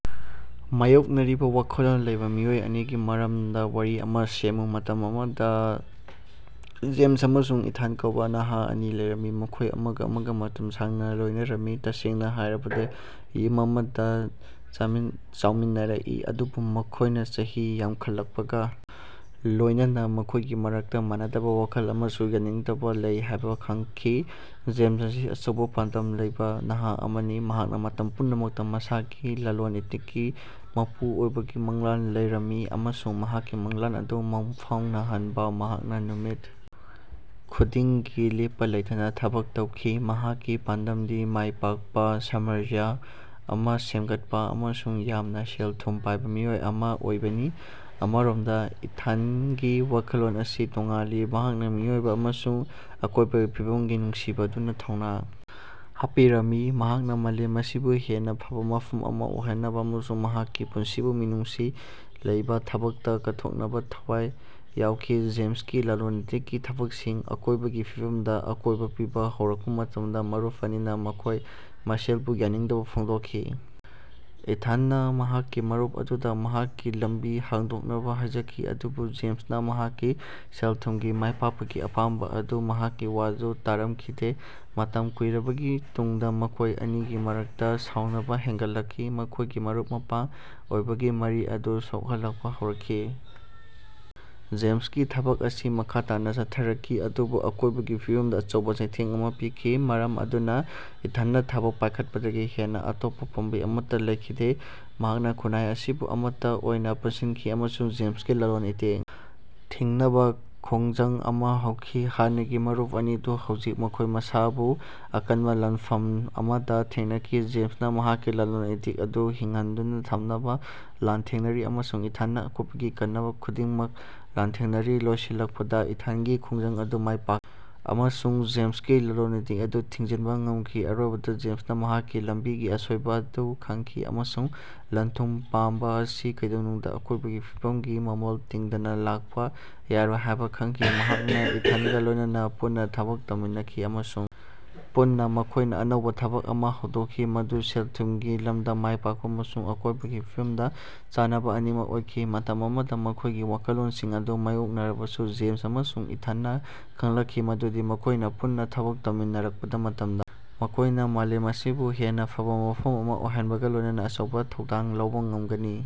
ꯃꯥꯌꯣꯛꯅꯔꯤꯕ ꯋꯥꯈꯜꯂꯣꯟ ꯂꯩꯕꯥ ꯃꯤꯑꯣꯏ ꯑꯅꯤꯒꯤ ꯃꯔꯝꯗ ꯋꯥꯔꯤ ꯑꯃ ꯁꯦꯝꯃꯨ꯫ ꯃꯇꯝ ꯑꯃꯗ ꯖꯦꯃꯁ ꯑꯃꯁꯨꯡ ꯏꯊꯥꯟ ꯀꯧꯕꯥ ꯅꯍꯥ ꯑꯅꯤ ꯂꯩꯔꯝꯃꯤ꯫ ꯃꯈꯣꯢ ꯑꯃꯒ ꯑꯃꯒ ꯃꯇꯝ ꯁꯥꯡꯅ ꯂꯣꯢꯅꯔꯝꯃꯤ ꯇꯁꯦꯡꯅ ꯍꯥꯢꯔꯕꯗ ꯌꯨꯝ ꯑꯃꯗ ꯆꯥꯎꯃꯤꯟꯅꯔꯛꯈꯤ꯫ ꯑꯗꯨꯕꯨ ꯃꯈꯣꯢꯅ ꯆꯍꯤ ꯌꯥꯝꯈꯠꯂꯛꯄꯒ ꯂꯣꯢꯅꯅꯥ ꯃꯈꯣꯢꯒꯤ ꯃꯔꯛꯇ ꯃꯥꯟꯅꯗꯕ ꯋꯥꯈꯜ ꯑꯃꯁꯨꯡ ꯌꯥꯅꯤꯡꯗꯕ ꯂꯩ ꯍꯥꯢꯕ ꯈꯪꯈꯤ꯫ ꯖꯦꯃꯁ ꯑꯁꯤ ꯑꯆꯧꯕꯥ ꯄꯥꯟꯗꯝ ꯂꯩꯕꯥ ꯅꯍꯥ ꯑꯃꯅꯤ꯫ ꯃꯍꯥꯛꯅ ꯃꯇꯝ ꯄꯨꯝꯅꯃꯛꯇ ꯃꯁꯥꯒꯤ ꯂꯂꯣꯟ-ꯏꯇꯤꯛꯀꯤ ꯃꯄꯨ ꯑꯣꯏꯕꯒꯤ ꯃꯪꯂꯥꯟ ꯂꯩꯔꯝꯃꯤ ꯑꯃꯁꯨꯡ ꯃꯍꯥꯛꯀꯤ ꯃꯪꯂꯥꯟ ꯑꯗꯨ ꯃꯪꯐꯥꯎꯅꯍꯟꯅꯕꯥ ꯃꯍꯥꯛꯅ ꯅꯨꯃꯤꯠ ꯈꯨꯗꯤꯡꯒꯤ ꯂꯦꯞꯄꯥ ꯂꯩꯇꯅꯥ ꯊꯕꯛ ꯇꯧꯈꯤ꯫ ꯃꯍꯥꯛꯀꯤ ꯄꯥꯟꯗꯝꯗꯤ ꯃꯥꯢ ꯄꯥꯛꯄ ꯁꯃꯔꯖ꯭ꯌ ꯑꯃ ꯁꯦꯝꯒꯠꯄꯥ ꯑꯃꯁꯨꯡ ꯌꯥꯝꯅ ꯁꯦꯜ ꯊꯨꯝ ꯄꯥꯢꯕ ꯃꯤꯑꯣꯏ ꯑꯃ ꯑꯣꯏꯕꯅꯤ꯫ ꯑꯃꯔꯣꯝꯗ ꯏꯊꯥꯅꯒꯤ ꯋꯥꯈꯜꯂꯣꯟ ꯑꯁꯤ ꯇꯣꯉꯥꯜꯂꯤ꯫ ꯃꯍꯥꯛꯅ ꯃꯤꯑꯣꯏꯕ ꯑꯃꯁꯨꯡ ꯑꯀꯣꯢꯕꯒꯤ ꯐꯤꯕꯝꯒꯤ ꯅꯨꯡꯁꯤꯕ ꯑꯗꯨꯅ ꯊꯧꯅꯥ ꯍꯥꯞꯄꯤꯔꯝꯃꯤ꯫ ꯃꯍꯥꯛꯅ ꯃꯥꯂꯦꯝ ꯑꯁꯤꯕꯨ ꯍꯦꯟꯅꯥ ꯐꯕꯥ ꯃꯐꯝ ꯑꯃ ꯑꯣꯏꯍꯟꯅꯕ ꯑꯃꯁꯨꯡ ꯃꯍꯥꯛꯀꯤ ꯄꯨꯟꯁꯤꯕꯨ ꯃꯤꯅꯨꯡꯁꯤ ꯂꯩꯕꯥ ꯊꯕꯛꯇꯥ ꯀꯠꯊꯣꯛꯅꯕꯥ ꯊꯋꯥꯏ ꯌꯥꯎꯈꯤ꯫ ꯖꯦꯃꯁꯀꯤ ꯂꯂꯣꯟ-ꯏꯇꯤꯛꯀꯤ ꯊꯕꯛꯁꯤꯡꯅ ꯑꯀꯣꯢꯕꯒꯤ ꯐꯤꯕꯝꯗ ꯑꯀꯣꯢꯕ ꯄꯤꯕꯥ ꯍꯧꯔꯛꯄꯥ ꯃꯇꯝꯗ ꯃꯔꯨꯞ ꯑꯅꯤꯅꯥ ꯃꯈꯣꯢ ꯃꯁꯦꯜꯕꯨ ꯌꯥꯅꯤꯡꯗꯕꯥ ꯐꯣꯡꯗꯣꯛꯈꯤ꯫ ꯏꯊꯥꯅꯅ ꯃꯍꯥꯛꯀꯤ ꯃꯔꯨꯞ ꯑꯗꯨꯗꯥ ꯃꯍꯥꯛꯀꯤ ꯂꯝꯕꯤ ꯍꯣꯡꯗꯣꯛꯅꯕꯥ ꯍꯥꯢꯖꯈꯤ ꯑꯗꯨꯕꯨ ꯖꯦꯃꯁꯅꯥ ꯃꯍꯥꯛꯀꯤ ꯁꯦꯜ-ꯊꯨꯝꯒꯤ ꯃꯥꯏꯄꯥꯛꯄꯒꯤ ꯑꯄꯥꯝꯕ ꯑꯗꯨꯅ ꯃꯍꯥꯛꯀꯤ ꯋꯥꯗꯨ ꯇꯥꯔꯝꯈꯤꯗꯦ꯫ ꯃꯇꯝ ꯀꯨꯢꯔꯕꯒꯤ ꯇꯨꯡꯗ ꯃꯈꯣꯏ ꯑꯅꯤꯒꯤ ꯃꯔꯛꯇ ꯁꯥꯎꯅꯕ ꯍꯦꯅꯒꯠꯂꯛꯈꯤ ꯃꯈꯣꯢꯒꯤ ꯃꯔꯨꯞ-ꯃꯄꯥꯡ ꯑꯣꯏꯕꯒꯤ ꯃꯔꯤ ꯑꯗꯨ ꯁꯣꯛꯍꯜꯂꯛꯄ ꯍꯧꯔꯛꯈꯤ꯫ ꯖꯦꯃꯁꯀꯤ ꯊꯕꯛ ꯑꯁꯤ ꯃꯈꯥ ꯇꯥꯅꯥ ꯆꯠꯊꯔꯛꯈꯤ ꯑꯗꯨꯕꯨ ꯑꯀꯣꯢꯕꯒꯤ ꯐꯤꯕꯝꯗ ꯑꯆꯧꯕ ꯆꯩꯊꯦꯡ ꯑꯃ ꯄꯤꯈꯤ ꯃꯔꯝ ꯑꯗꯨꯅ ꯏꯊꯥꯟ ꯅ ꯊꯕꯛ ꯄꯥꯢꯈꯠꯄꯗꯒꯤ ꯍꯦꯟꯅ ꯑꯇꯣꯞꯄ ꯄꯥꯝꯕꯩ ꯑꯃꯠꯇ ꯂꯩꯈꯤꯗꯦ꯫ ꯃꯍꯥꯛꯅ ꯈꯨꯟꯅꯥꯏ ꯑꯁꯤꯕꯨ ꯑꯃꯠꯇ ꯑꯣꯏꯅ ꯄꯨꯟꯁꯤꯟꯈꯤ ꯑꯃꯁꯨꯡ ꯖꯦꯃꯁꯀꯤ ꯂꯂꯣꯟ-ꯏꯇꯤꯛ ꯊꯤꯡꯅꯕꯥ ꯈꯣꯡꯖꯪ ꯑꯃꯥ ꯍꯧꯈꯤ꯫ ꯍꯥꯟꯅꯒꯤ ꯃꯔꯨꯞ ꯑꯅꯤꯗꯨ ꯍꯧꯖꯤꯛ ꯃꯈꯣꯢ ꯃꯁꯥꯕꯨ ꯑꯀꯟꯕꯥ ꯂꯥꯟꯐꯝ ꯑꯃꯗ ꯊꯦꯡꯅꯈꯤ꯫ ꯖꯦꯃꯁꯅ ꯃꯍꯥꯛꯀꯤ ꯂꯂꯣꯟ-ꯏꯇꯤꯛ ꯑꯗꯨ ꯍꯤꯡꯍꯟꯗꯨꯅ ꯊꯝꯅꯕ ꯂꯥꯟꯊꯦꯡꯅꯔꯤ ꯑꯃꯁꯨꯡ ꯏꯊꯥꯟꯅ ꯑꯀꯣꯏꯕꯒꯤ ꯀꯟꯅꯕ ꯑꯗꯨꯒꯤꯗꯃꯛ ꯂꯥꯟꯊꯦꯡꯅꯔꯤ꯫ ꯂꯣꯏꯁꯤꯜꯂꯛꯄꯗ ꯏꯊꯥꯅꯒꯤ ꯈꯣꯡꯖꯪ ꯑꯗꯨ ꯃꯥꯢ ꯄꯥꯛꯈꯤ ꯑꯃꯁꯨꯡ ꯖꯦꯃꯁꯀꯤ ꯂꯂꯣꯟ-ꯏꯇꯤꯛ ꯑꯗꯨ ꯊꯤꯡꯖꯤꯟꯕ ꯉꯝꯈꯤ꯫ ꯑꯔꯣꯏꯕꯗ ꯖꯦꯃꯁꯅꯥ ꯃꯍꯥꯛꯀꯤ ꯂꯝꯕꯤꯒꯤ ꯑꯁꯣꯢꯕ ꯑꯗꯨ ꯈꯡꯈꯤ ꯑꯃꯁꯨꯡ ꯂꯟ-ꯊꯨꯝ ꯄꯥꯝꯕ ꯑꯁꯤ ꯀꯩꯗꯧꯅꯨꯡꯗꯥ ꯑꯀꯣꯢꯕꯒꯤ ꯐꯤꯕꯝꯒꯤ ꯃꯃꯜ ꯇꯤꯡꯗꯅꯥ ꯂꯥꯛꯄ ꯌꯥꯔꯣꯏ ꯍꯥꯢꯕ ꯈꯡꯈꯤ꯫ ꯃꯍꯥꯛꯅ ꯏꯊꯥꯅꯒ ꯂꯣꯢꯅꯅꯥ ꯄꯨꯟꯅ ꯊꯕꯛ ꯇꯧꯃꯤꯟꯅꯈꯤ ꯑꯃꯁꯨꯡ ꯄꯨꯟꯅ ꯃꯈꯣꯢꯅ ꯑꯅꯧꯕꯥ ꯊꯕꯛ ꯑꯃ ꯍꯧꯗꯣꯛꯈꯤ ꯃꯗꯨ ꯁꯦꯜ-ꯊꯨꯝꯒꯤ ꯂꯝꯗ ꯃꯥꯢ ꯄꯥꯛꯄ ꯑꯃꯁꯨꯡ ꯑꯀꯣꯢꯕꯒꯤ ꯐꯤꯕꯝꯒ ꯆꯥꯟꯅꯕ ꯑꯅꯤꯃꯛ ꯑꯣꯏꯈꯤ꯫ ꯃꯇꯝ ꯑꯃꯗ ꯃꯈꯣꯢꯒꯤ ꯋꯥꯈꯜꯂꯣꯟꯁꯤꯡ ꯑꯗꯨ ꯃꯥꯌꯣꯛꯅꯔꯕꯁꯨ ꯖꯦꯃꯁ ꯑꯃꯁꯨꯡ ꯏꯊꯥꯅꯅ ꯈꯡꯂꯛꯈꯤ ꯃꯗꯨꯗꯤ ꯃꯈꯣꯢꯅ ꯄꯨꯟꯅ ꯊꯕꯛ ꯇꯧꯃꯤꯟꯅꯔꯛꯄꯗ ꯃꯇꯝꯗ ꯃꯈꯣꯢꯅ ꯃꯥꯂꯦꯝ ꯑꯁꯤꯕꯨ ꯍꯦꯟꯅꯥ ꯐꯕꯥ ꯃꯐꯝ ꯑꯃ ꯑꯣꯏꯍꯟꯕꯒ ꯂꯣꯢꯅꯅꯥ ꯑꯆꯧꯕ ꯊꯧꯗꯥꯡ ꯂꯧꯕ ꯉꯃꯒꯅꯤ꯫